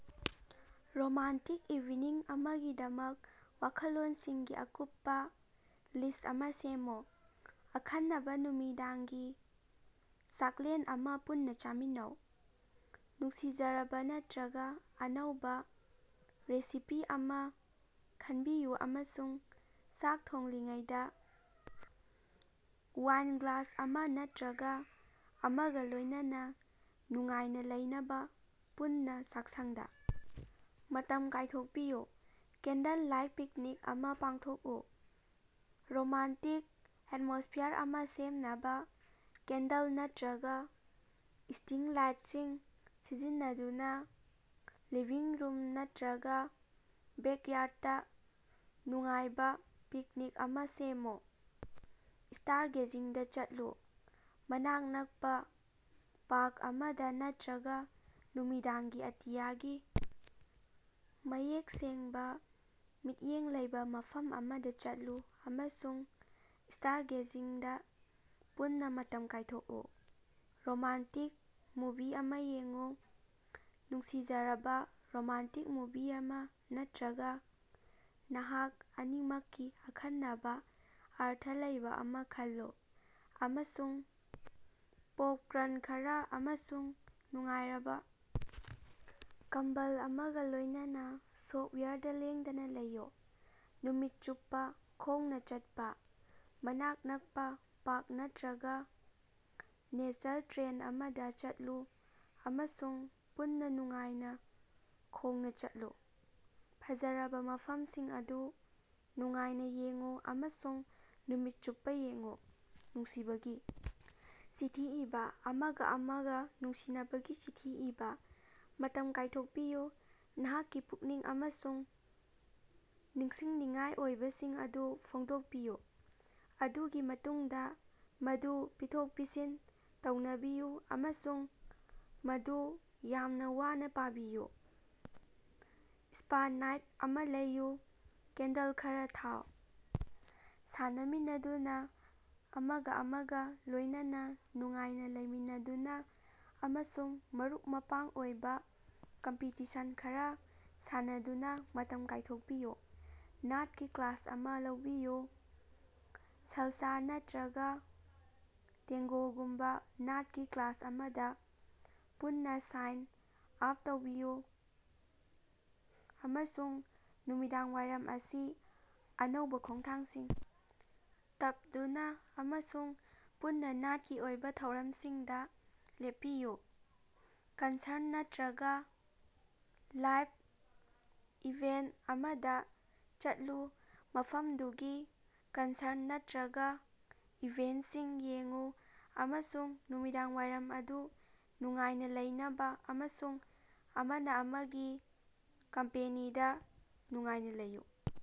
Romantic evening ꯑꯃꯒꯤꯗꯃꯛ ꯋꯥꯈꯜꯂꯣꯟꯁꯤꯡꯒꯤ ꯑꯀꯨꯞꯄ list ꯑꯃꯥ ꯁꯦꯝꯃꯨ꯫ ꯑꯈꯟꯅꯕ ꯅꯨꯃꯤꯗꯥꯡꯒꯤ ꯆꯥꯛꯂꯦꯟ ꯑꯃꯥ ꯄꯨꯟꯅ ꯆꯥꯃꯤꯟꯅꯧ: ꯅꯨꯡꯁꯤꯖꯔꯕ ꯅꯠꯇꯔꯒ ꯑꯅꯧꯕ ꯔꯦꯁꯤꯄꯤ ꯑꯃꯥ ꯈꯟꯕꯤꯌꯨ ꯑꯃꯁꯨꯡ ꯆꯥꯛ ꯊꯣꯡꯂꯤꯉꯩꯗ ꯋꯥꯏꯟ ꯒ꯭ꯂꯥꯁ ꯑꯃꯥ ꯅꯠꯇꯔꯒ ꯑꯃꯒ ꯂꯣꯏꯅꯅ ꯅꯨꯡꯉꯥꯏꯅ ꯂꯩꯅꯕ ꯄꯨꯟꯅꯥ ꯆꯥꯛꯁꯪꯗ ꯃꯇꯝ ꯀꯥꯏꯊꯣꯛꯄꯤꯌꯨ꯫ ꯀꯦꯟꯗꯜ ꯂꯥꯏꯠ ꯄꯤꯛꯅꯤꯛ ꯑꯃꯥ ꯄꯥꯡꯊꯣꯛꯎ: ꯔꯣꯃꯥꯟꯇꯤꯛ ꯑꯦꯇꯃꯣꯁ꯭ꯐꯤꯌꯥꯔ ꯑꯃꯥ ꯁꯦꯝꯅꯕ ꯀꯦꯟꯗꯜ ꯅꯠꯇꯔꯒ ꯁ꯭ꯇꯔꯤꯡ ꯂꯥꯏꯠꯁꯤꯡ ꯁꯤꯖꯤꯟꯅꯗꯨꯅ ꯂꯤꯚꯤꯡ ꯔꯨꯝ ꯅꯠꯇꯔꯒ ꯕꯦꯛꯌꯥꯔꯗꯇ ꯅꯨꯡꯉꯥꯏꯕ ꯄꯤꯛꯅꯤꯛ ꯑꯃꯥ ꯁꯦꯝꯃꯨ꯫ ꯁ꯭ꯇꯥꯔꯒꯦꯖꯤꯡꯗꯥ ꯆꯠꯂꯨ: ꯃꯅꯥꯛ ꯅꯛꯄ ꯄꯥꯔꯛ ꯑꯃꯗ ꯅꯠꯇꯔꯒ ꯅꯨꯃꯤꯗꯥꯡꯒꯤ ꯑꯇꯤꯌꯥꯒꯤ ꯃꯌꯦꯛ ꯁꯦꯡꯕ ꯃꯤꯠꯌꯦꯡ ꯂꯩꯕ ꯃꯐꯝ ꯑꯃꯗ ꯆꯠꯂꯨ ꯑꯃꯁꯨꯡ ꯁ꯭ꯇꯥꯔꯒꯦꯖꯤꯡꯗ ꯄꯨꯟꯅ ꯃꯇꯝ ꯀꯥꯏꯊꯣꯛꯎ꯫ ꯔꯣꯃꯥꯟꯇꯤꯛ ꯃꯨꯚꯤ ꯑꯃꯥ ꯌꯦꯡꯎ: ꯅꯨꯡꯁꯤꯖꯔꯕ ꯔꯣꯃꯥꯟꯇꯤꯛ ꯃꯨꯚꯤ ꯑꯃꯥ ꯅꯠꯇꯔꯒ ꯅꯍꯥꯛ ꯑꯅꯤꯃꯛꯀꯤ ꯑꯈꯟꯅꯕ ꯑꯔꯊ ꯂꯩꯕ ꯑꯃꯥ ꯈꯜꯂꯨ, ꯑꯃꯁꯨꯡ ꯄꯣꯞꯀ꯭ꯔꯟ ꯈꯔ ꯑꯃꯁꯨꯡ ꯅꯨꯡꯉꯥꯏꯔꯕ ꯀꯝꯕꯜ ꯑꯃꯒ ꯂꯣꯏꯅꯅ ꯁꯣꯐ꯭ꯇꯋꯥꯌꯔꯗ ꯂꯦꯡꯗꯅ ꯂꯩꯌꯨ꯫ ꯅꯨꯃꯤꯠ ꯆꯨꯞꯄ ꯈꯣꯡꯅ ꯆꯠꯄꯥ: ꯃꯅꯥꯛ ꯅꯛꯄ ꯄꯥꯔꯛ ꯅꯠꯇꯔꯒ ꯅꯦꯆꯔ ꯇ꯭ꯔꯦꯜ ꯑꯃꯗ ꯆꯠꯂꯨ ꯑꯃꯁꯨꯡ ꯄꯨꯟꯅ ꯅꯨꯡꯉꯥꯏꯅ ꯈꯣꯡꯅ ꯆꯠꯂꯨ, ꯐꯖꯔꯕ ꯃꯐꯝꯁꯤꯡ ꯑꯗꯨ ꯅꯨꯡꯉꯥꯏꯅ ꯌꯦꯡꯎ ꯑꯃꯁꯨꯡ ꯅꯨꯃꯤꯠ ꯆꯨꯞꯄ ꯌꯦꯡꯎ꯫ ꯅꯨꯡꯁꯤꯕꯒꯤ ꯆꯤꯊꯤ ꯏꯕꯥ: ꯑꯃꯒ ꯑꯃꯒ ꯅꯨꯡꯁꯤꯅꯕꯒꯤ ꯆꯤꯊꯤ ꯏꯕ ꯃꯇꯝ ꯀꯥꯏꯊꯣꯛꯄꯤꯌꯨ, ꯅꯍꯥꯛꯀꯤ ꯄꯨꯛꯅꯤꯡ ꯑꯃꯁꯨꯡ ꯅꯤꯡꯁꯤꯡꯅꯤꯡꯉꯥꯏ ꯑꯣꯏꯕꯁꯤꯡ ꯑꯗꯨ ꯐꯣꯡꯗꯣꯛꯄꯤꯌꯨ, ꯃꯗꯨꯒꯤ ꯃꯇꯨꯡꯗ ꯃꯗꯨ ꯄꯤꯊꯣꯛ-ꯄꯤꯁꯤꯟ ꯇꯧꯅꯕꯤꯌꯨ ꯑꯃꯁꯨꯡ ꯃꯗꯨ ꯌꯥꯝꯅ ꯋꯥꯅ ꯄꯥꯕꯤꯌꯨ꯫ ꯁ꯭ꯄꯥ ꯅꯥꯏꯠ ꯑꯃ ꯂꯩꯌꯨ: ꯀꯦꯟꯗꯜ ꯈꯔꯥ ꯊꯥꯎ, ꯁꯥꯟꯅꯃꯤꯟꯅꯗꯨꯅ, ꯑꯃꯒ ꯑꯃꯒ ꯂꯣꯏꯅꯅ ꯅꯨꯡꯉꯥꯏꯅ ꯂꯩꯃꯤꯟꯅꯗꯨꯅ ꯑꯃꯁꯨꯡ ꯃꯔꯨꯞ-ꯃꯄꯥꯡ ꯑꯣꯏꯕ ꯀꯝꯄꯤꯇꯤꯁꯟ ꯈꯔ ꯁꯥꯟꯅꯗꯨꯅ ꯃꯇꯝ ꯀꯥꯏꯊꯣꯛꯄꯤꯌꯨ꯫ ꯅꯥꯠꯀꯤ ꯀ꯭ꯂꯥꯁ ꯑꯃꯥ ꯂꯧꯕꯤꯌꯨ: ꯁꯥꯜꯁꯥ ꯅꯠꯇꯔꯒ ꯇꯦꯡꯒꯣꯒꯨꯝꯕ ꯅꯥꯠꯀꯤ ꯀ꯭ꯂꯥꯁ ꯑꯃꯗ ꯄꯨꯟꯅ ꯁꯥꯏꯟ ꯑꯥꯞ ꯇꯧꯕꯤꯌꯨ ꯑꯃꯁꯨꯡ ꯅꯨꯃꯤꯗꯥꯡꯋꯥꯏꯔꯝ ꯑꯁꯤ ꯑꯅꯧꯕ ꯈꯣꯡꯊꯥꯡꯁꯤꯡ ꯇꯞꯗꯨꯅ ꯑꯃꯁꯨꯡ ꯄꯨꯟꯅ ꯅꯥꯠꯀꯤ ꯑꯣꯏꯕ ꯊꯧꯔꯝꯁꯤꯡꯗ ꯂꯦꯞꯄꯤꯌꯨ꯫ ꯀꯟꯁꯔꯠ ꯅꯠꯇꯔꯒ ꯂꯥꯏꯞ ꯏꯚꯦꯟꯠ ꯑꯃꯗ ꯆꯠꯂꯨ: ꯃꯐꯝꯗꯨꯒꯤ ꯀꯟꯁꯔꯠ ꯅꯠꯇꯔꯒ ꯏꯚꯦꯟꯠꯁꯤꯡ ꯌꯦꯡꯎ ꯑꯃꯁꯨꯡ ꯅꯨꯃꯤꯗꯥꯡꯋꯥꯏꯔꯝ ꯑꯗꯨ ꯅꯨꯡꯉꯥꯏꯅ ꯂꯩꯅꯕ ꯑꯃꯁꯨꯡ ꯑꯃꯅ ꯑꯃꯒꯤ ꯀꯝꯄꯦꯅꯤꯗꯥ ꯅꯨꯡꯉꯥꯏꯅꯥ ꯂꯩꯌꯨ꯫